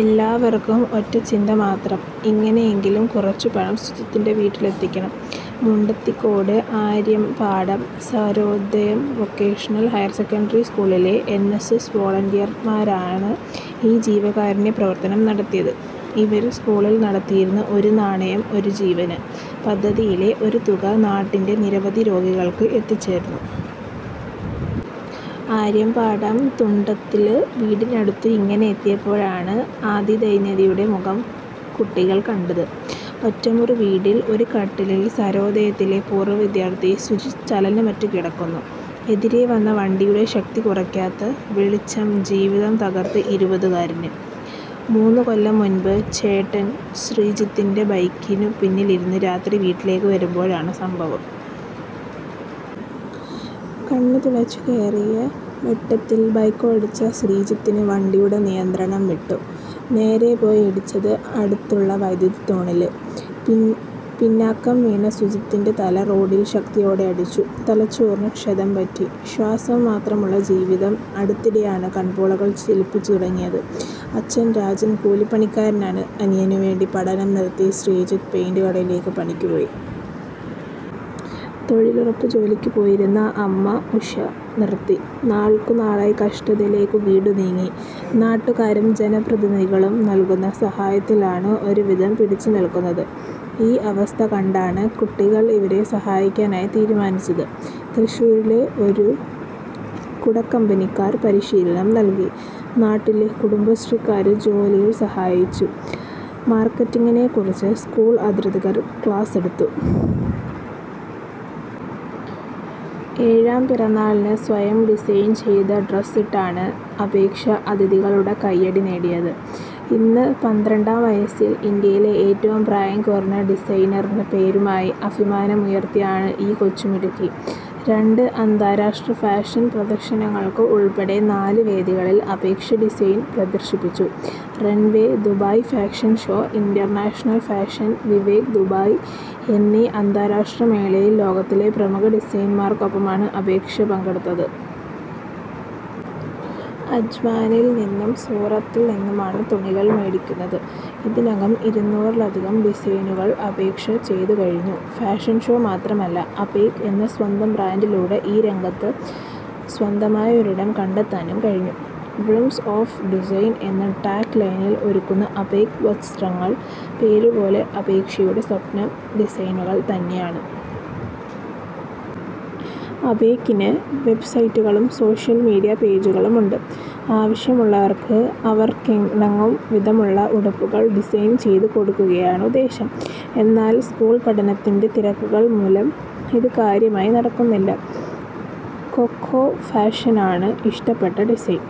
എല്ലാവര്ക്കും ഒറ്റച്ചിന്തമാത്രം ഇങ്ങനെയെങ്കിലും കുറച്ചുപണം സുജിത്തിന്റെ വീട്ടിലെത്തണം. Mundathikode Aryampadam Sarvodayam vocational higher secondary സ്കൂളിലെ എന്. എസ്. എസ്. വൊളന്റിയര്മാരാണ് ഈ ജീവകാരുണ്യപ്രവര്ത്തനം നടത്തിയത്. ഇവര് സ്കൂളില് നടത്തിയിരുന്ന 'ഒരു നാണയം ഒരു ജീവന്' പദ്ധതിയിലെ തുക നാട്ടിലെ നിര്ധനരായ രോഗികള്ക്ക് എത്തിച്ചിരുന്നു. ആര്യമ്പാടം തുണ്ടത്തില് വീടിനടുത്ത് ഇങ്ങനെ എത്തിയപ്പോഴാണ് അതിദൈന്യതയുടെ മുഖം കുട്ടികള് കണ്ടത്. ഒറ്റമുറിവീട്ടില് ഒരു കട്ടിലില് സര്വോദയത്തിലെ പൂര്വവിദ്യാര്ഥി സുജിത്ത് ചലനമില്ലാതെ കിടക്കുന്നു. എതിരേ വന്ന വണ്ടിയുടെ ശക്തി കുറയ്ക്കാത്ത വെളിച്ചം ജീവിതം തകര്ത്ത ഇരുപതുകാരന്. മൂന്നുകൊല്ലംമുമ്പ് ചേട്ടന് ശ്രീജിത്തിന്റെ ബൈക്കിനു പിന്നിലിരുന്ന് രാത്രി വീട്ടിലേക്കു വരുമ്പോഴാണ് സംഭവം. കണ്ണുതുളച്ചുകയറിയ വെട്ടത്തില്, ബൈക്കോടിച്ച ശ്രീജിത്തിന് വണ്ടിയുടെ നിയന്ത്രണംവിട്ടു. നേരെ പോയി ഇടിച്ചത് അടുത്ത വൈദ്യുതിത്തൂണില്. പിന്നാക്കം വീണ സുജിത്തിന്റെ തല റോഡില് ശക്തിയോടെ അടിച്ചു. തലച്ചോറിന് ക്ഷതം പറ്റി. ശ്വാസംമാത്രമുള്ള ജീവിതം. അടുത്തിടെയാണ് കണ്പോളകള് ചലിപ്പിച്ചുതുടങ്ങിയത്. അച്ഛന് രാജന് കൂലിപ്പണിക്കാരന്. അനിയനുവേണ്ടി പഠനം നിര്ത്തി ശ്രീജിത്ത് പെയിന്റുകടയില് പണിക്കുപോയി. തൊഴിലുറപ്പുജോലിക്കു പോയിരുന്നത് അമ്മ ഉഷ നിര്ത്തി. നാള്ക്കുനാള് കഷ്ടതയിലേക്കു വീട് നീങ്ങി. നാട്ടുകാരും ജനപ്രതിനിധികളും നല്കുന്ന സഹായത്താലാണ് ഒരുവിധം പിടിച്ചുനില്ക്കുന്നത്. ഈ അവസ്ഥ കണ്ടാണ് കുട്ടികള് ഇവരെ സഹായിക്കാന് തീരുമാനിച്ചത്. തൃശ്ശൂരിലെ ഒരു കുടക്കമ്പനിക്കാര് പരിശീലനം നല്കി. നാട്ടിലെ കുടുംബശ്രീക്കാര് ജോലിയില് സഹായിച്ചു. മാര്ക്കറ്റിങ്ങിനെക്കുറിച്ച് സ്കൂള് അധികൃതര് ക്ലാസെടുത്തു. ഏഴാം പിറന്നാളിന് സ്വയം ഡിസൈൻ ചെയ്ത ഡ്രസ്സിട്ടാണ് അപേക്ഷ അതിഥികളുടെ കൈയടി നേടിയത്. ഇന്ന് പന്ത്രണ്ടാംവയസ്സിൽ ഇന്ത്യയിലെ ഏറ്റവും പ്രായം കുറഞ്ഞ ഡിസൈനറെന്ന പേരുമായി അഭിമാനമുയർത്തുകയാണ് ഈ കൊച്ചു മിടുക്കി. രണ്ട് അന്താരാഷ്ട്ര ഫാഷൻ പ്രദർശനങ്ങൾ ഉൾപ്പെടെ നാല് വേദികളിൽ അപേക്ഷ ഡിസൈനുകൾ പ്രദർശിപ്പിച്ചു. Runway Dubai fashion show, international fashion week Dubai എന്നീ അന്താരാഷ്ട്ര മേളകളിൽ ലോകത്തെ പ്രമുഖ ഡിസൈനർമാർക്കൊപ്പമാണ് അപേക്ഷ പങ്കെടുത്തത്. അജ്മാനിൽ നിന്നും സൂറത്തിൽ നിന്നുമാണ് തുണികൾ മേടിക്കുന്നത്. ഇതിനകം ഇരുനൂറിലധികം ഡിസൈനുകൾ അപേക്ഷ ചെയ്തുകഴിഞ്ഞു. ഫാഷൻ ഷോ മാത്രമല്ല 'അപേക്' എന്ന സ്വന്തം ബ്രാൻഡിലൂടെ ഈ രംഗത്ത് സ്വന്തമായൊരിടം കണ്ടെത്താനും കഴിഞ്ഞു. ഡ്രീംസ് ഓഫ് ഡിസൈൻ എന്ന ടാഗ് ലൈനിൽ ഒരുക്കുന്ന അപേക് വസ്ത്രങ്ങൾ പേരുപോലെ അപേക്ഷയുടെ സ്വപ്ന ഡിസൈനുകൾ തന്നെയാണ്. അപേകിന് വെബ്സൈറ്റും സോഷ്യൽ മീഡിയ പേജുകളുമുണ്ട്. ആവശ്യമുള്ളവർക്ക് അവർക്കിണങ്ങും വിധമുള്ള ഉടുപ്പുകൾ ഡിസൈൻ ചെയ്തു കൊടുക്കുകയാണ് ഉദ്ദേശ്യം. എന്നാൽ സ്കൂൾ പഠനത്തിന്റെ തിരക്കുകൾ മൂലം ഇത് കാര്യമായി നടക്കുന്നില്ല. കൊക്കോ ഷാനലാണ് ഇഷ്ടപ്പെട്ട ഡിസൈനർ.